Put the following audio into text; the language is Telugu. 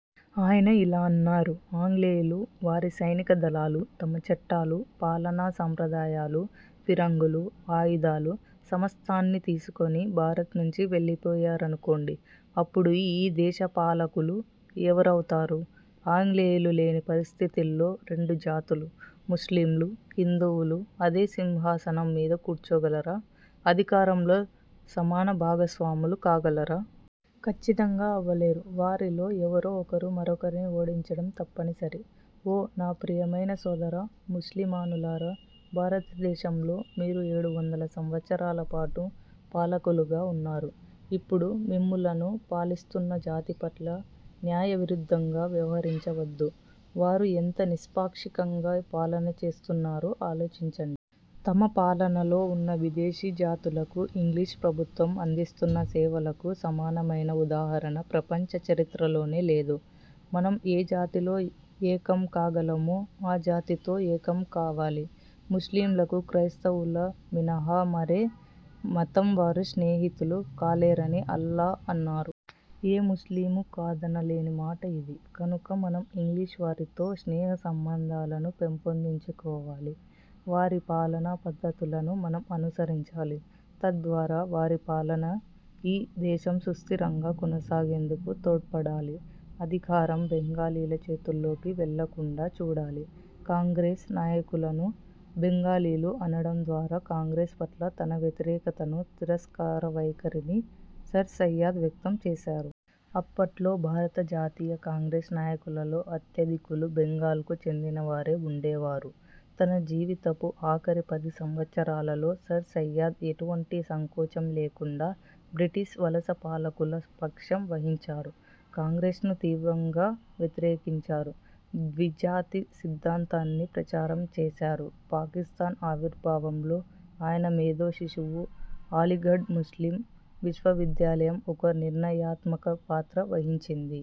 ఆయన ఇలా అన్నారు. 'ఆంగ్లేయులు, వారి సైనికదళాలు తమ చట్టాలు, పాలనా సంప్రదాయాలు, ఫిరంగులు, ఆయుధాలు సమస్తాన్నీ తీసుకొని భారత్ నుంచి వెళ్ళిపోయారనుకోండి. అప్పుడు ఈ దేశపాలకులు ఎవరవుతారు? ఆంగ్లేయులు లేని పరిస్థితుల్లో రెండు జాతులు– ముస్లింలు, హిందువులు అదే సింహాసనం మీద కూర్చోగలరా? అధికారంలో సమానభాగస్వాములు కాగలరా? ఖచ్చితంగా అవ్వలేరు. వారిలో ఎవరో ఒకరు మరొకరిని ఓడించడం తప్పనిసరి ఓ నా ప్రియమైన సోదర ముస్లమానులారా, భారతదేశంలో మీరు ఏడువందల సంవత్సరాల పాటు పాలకులుగా వున్నారు. ఇప్పుడు మిమ్ములను పాలిస్తున్న జాతిపట్ల న్యాయ విరుద్ధంగా వ్యవహరించవద్దు. వారు ఎంత నిష్పాక్షికంగా పాలన చేస్తున్నారో ఆలోచించండి. తన పాలనలో వున్న విదేశీ జాతులకు ఇంగ్లీష్ ప్రభుత్వం అందిస్తున్న సేవలకు సమానమైన ఉదాహరణ ప్రపంచ చరిత్రలోనే లేదు'. మనం ఏ జాతిలో ఏకం కాగలమో ఆ జాతితో ఏకం కావాలి. ముస్లింలకు క్రైస్తవుల మినహా మరే మతం వారు స్నేహితులు కాలేరని అల్లా అన్నారు. ఏ ముస్లిమూ కాదనలేని మాట ఇది. కనుక మనం ఇంగ్లీష్ వారితో స్నేహ సంబంధాలను పెంపొందించుకోవాలి. వారి పాలనా పద్ధతులను మనం అనుసరించాలి. తద్వారా వారి పాలన ఈ దేశం సుస్థిరంగా కొనసాగేందుకు తోడ్పడాలి. అధికారం బెంగాలీల చేతుల్లోకి వెళ్ళకుండా చూడాలి'. కాంగ్రెస్ నాయకులను 'బెంగాలీలు' అనడం ద్వారా కాంగ్రెస్ పట్ల తన వ్యతిరేకతను, తిరస్కార వైఖరిని సర్ సయ్యద్ వ్యక్తం చేశారు. అప్పట్లో భారత జాతీయ కాంగ్రెస్ నాయకులలో అత్యధికులు బెంగాల్కు చెందినవారే వుండేవారు. తన జీవితపు ఆఖరి పది సంవత్పరాలలో సర్ సయ్యద్ ఎటువంటి సంకోచం లేకుండా బ్రిటిష్ వలసపాలకుల పక్షం వహించారు. కాంగ్రెస్ను తీవ్రంగా వ్యతిరేకించారు. ద్విజాతి సిద్ధాంతాన్ని ప్రచారం చేశారు. పాకిస్థాన్ ఆవిర్భావంలో ఆయన మేధో శిశువు అలీగఢ్ ముస్లిమ్ విశ్వవిద్యాలయం ఒక నిర్ణయాత్మక పాత్ర వహించింది.